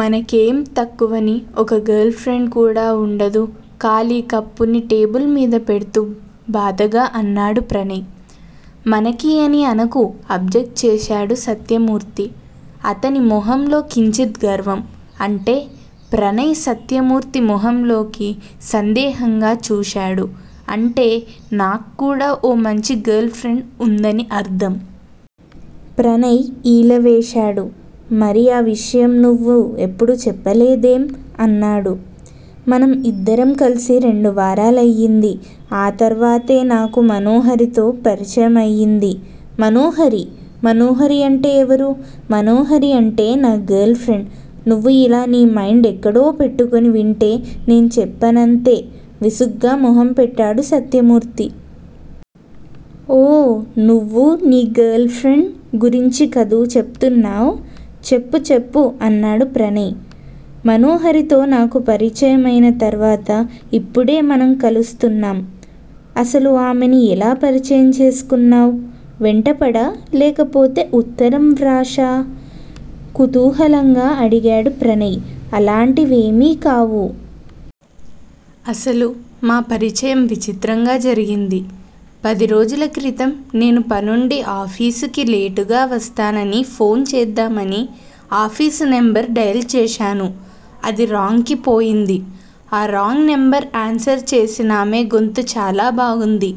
మనకేం తక్కువని ఒక్క గర్ల్ ఫ్రెండ్ కూడా వుండదు ఖాళీ కప్పుని టేబుల్ మీద పెడుతూ బాధగా అన్నాడు ప్రణయ్. మనకి అని అనకు అబ్జక్ట్ చేశాడు సత్యమూర్తి. అతని మొహంలో కించిత్ గర్వం. అంటే? ప్రణయ్ సత్యమూర్తి మొహంలోకి సందేహంగా చూశాడు. అంటే నాక్కూడా ఓ మంచి గర్ల్ ఫ్రెండ్ వుందని అర్ధం. ప్రణయ్ ఈల వేశాడు. మరి ఆ విషయం నువ్వు ఎప్పుడూ చెప్పలేదేం? అన్నాడు. మనం ఇద్దరం కలిసి రెండు వారాలు అయింది. ఆ తర్వాతే నాకు మనోహరితో పరిచయం అయ్యింది. మనోహరి! మనోహరి అంటే ఎవరు? మనోహరి అంటే నా గర్ల్ ఫ్రెండ్. నువ్వు ఇలా నీ మైండెక్కడో పెట్టుకుని వింటే నేను చెప్పనంతే విసుగ్గా మొహంపెట్టాడు సత్యమూర్తి. ఓ నువ్వు నీ గర్ల్ ఫ్రెండ్ గురించి కదూ చెప్తున్నావ్? చెప్పు, చెప్పు అన్నాడు ప్రణయ్. మనోహరితో నాకు పరిచయం అయిన తరువాత ఇప్పుడే మనం కలుస్తున్నాం. అసలు ఆమెని ఎలా పరిచయం చేసుకున్నావ్? వెంటపడా? లేకపోతే ఉత్తరం వ్రాశా? కుతూహలంగా అడిగాడు ప్రణయ్. అలాంటివేమీ కావు. అసలు మా పరిచయం విచిత్రంగా జరిగింది. పదిరోజుల క్రితం నేను పనుండి ఆఫీసుకి లేటుగా వస్తానని ఫోన్ చేద్దామని ఆఫీసు నెంబర్ డయల్ చేశాను. అది రాంగ్ కి పోయింది. ఆ రాంగ్ నెంబర్ ఆన్సర్ చేసినామె గొంతు చాలా బాగుంది.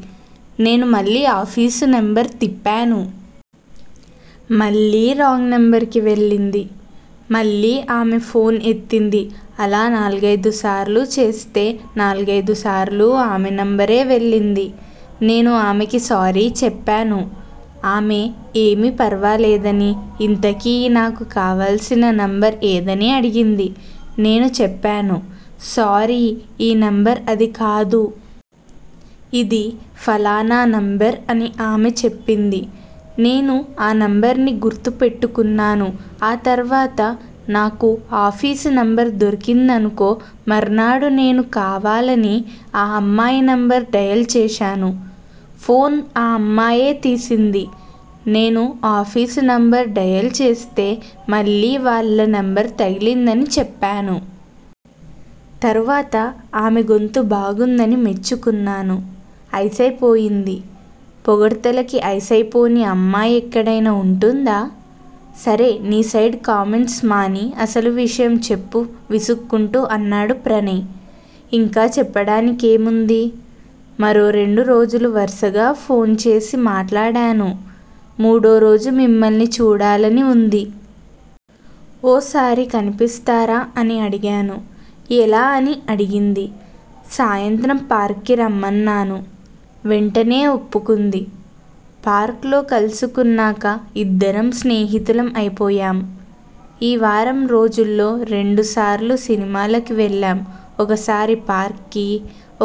నేను మళ్ళీ ఆఫీసు నెంబరు తిప్పాను. మళ్ళీ రాంగ్ నెంబర్ కి వెళ్ళింది. మళ్ళీ ఆమే ఫోన్ ఎత్తింది అలా నాలుగైదుసార్లు చేస్తే నాలుగైదుసార్లూ ఆమె నెంబరే వెళ్ళింది. నేను ఆమెకి సారీ చెప్పాను. ఆమె ఏమీ పరవాలేదని ఇంతకీ నాకు కావాల్సిన నంబర్ ఏదని అడిగింది. నేను చెప్పాను. సారీ ఈ నెంబర్ అది కాదు. ఇది ఫలానా నెంబర్ అని ఆమె చెప్పింది. నేను ఆ నెంబర్ ని గుర్తుపెట్టుకున్నాను ఆ తరువాత నాకు ఆఫీసు నెంబర్ దొరికిందనుకో మర్నాడు నేను కావాలని ఆ అమ్మాయి నెంబర్ డయల్ చేశాను. ఫోన్ ఆ అమ్మాయే తీసింది. నేను ఆఫీసు నెంబర్ డయల్ చేస్తే మళ్ళీ వాళ్ళ నెంబర్ తగిలిందని చెప్పాను. తరువాత ఆమె గొంతు బాగుందని మెచ్చుకున్నాను. అయిసయిపోయింది. పొగడ్తలకి అయిసయిపోని అమ్మాయి ఎక్కడైనా వుంటుందా? సరే నీ సైడ్ కామెంట్స్ మాని అసలు విషయం చెప్పు విసుక్కుంటూ అన్నాడు ప్రణయ్. ఇంక చెప్పడానికేముంది? మరో రెండు రోజులు వర్సగా ఫోన్ చేసి మాట్లాడాను. మూడోరోజు మిమ్మల్ని చూడాలని వుంది. ఓసారి కనిపిస్తారా అని అడిగాను. ఎలా అని అడిగింది. సాయంత్రం పార్క్ కి రమ్మన్నాను. వెంటనే ఒప్పుకుంది. పార్క్ లో కలుసుకున్నాక ఇద్దరం స్నేహితులం అయిపోయాం. ఈ వారం రోజుల్లో రెండుసార్లు సినిమాలకి వెళ్ళాం ఒకసారి పార్క్ కి,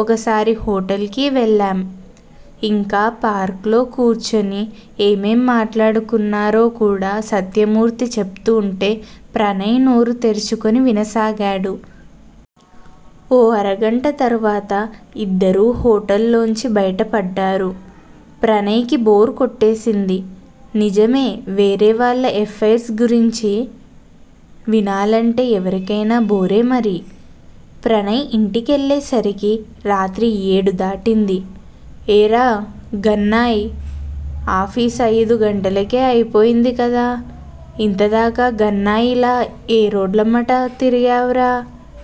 ఒకసారి హోటల్ కి వెళ్ళాం. ఇంకా పార్క్ లో కూర్చుని ఏమేం మాట్లాడుకున్నారో కూడా సత్యమూర్తి చెప్తుంటే ప్రణయ్ నోరు తెరుచుకుని వినసాగాడు. ఓ అరగంట తరువాత ఇద్దరూ హోటల్ లోంచి బయటపడ్డారు. ప్రణయ్ కి బోర్ కొట్టేసింది. నిజమే వేరేవాళ్ళ ఎఫైర్స్గురించి వినాలంటే ఎవరికయినా బోరేమరి. ప్రణయ్ ఇంటికెళ్ళేసరికి రాత్రి ఏడు దాటింది. ఏరా గన్నాయ్! ఆఫీసు అయిదు గంటలకే అయిపోయిందికదా? ఇంతదాకా గన్నాయ్ లా ఏ రోడ్లమ్మట తిరిగావ్ రా?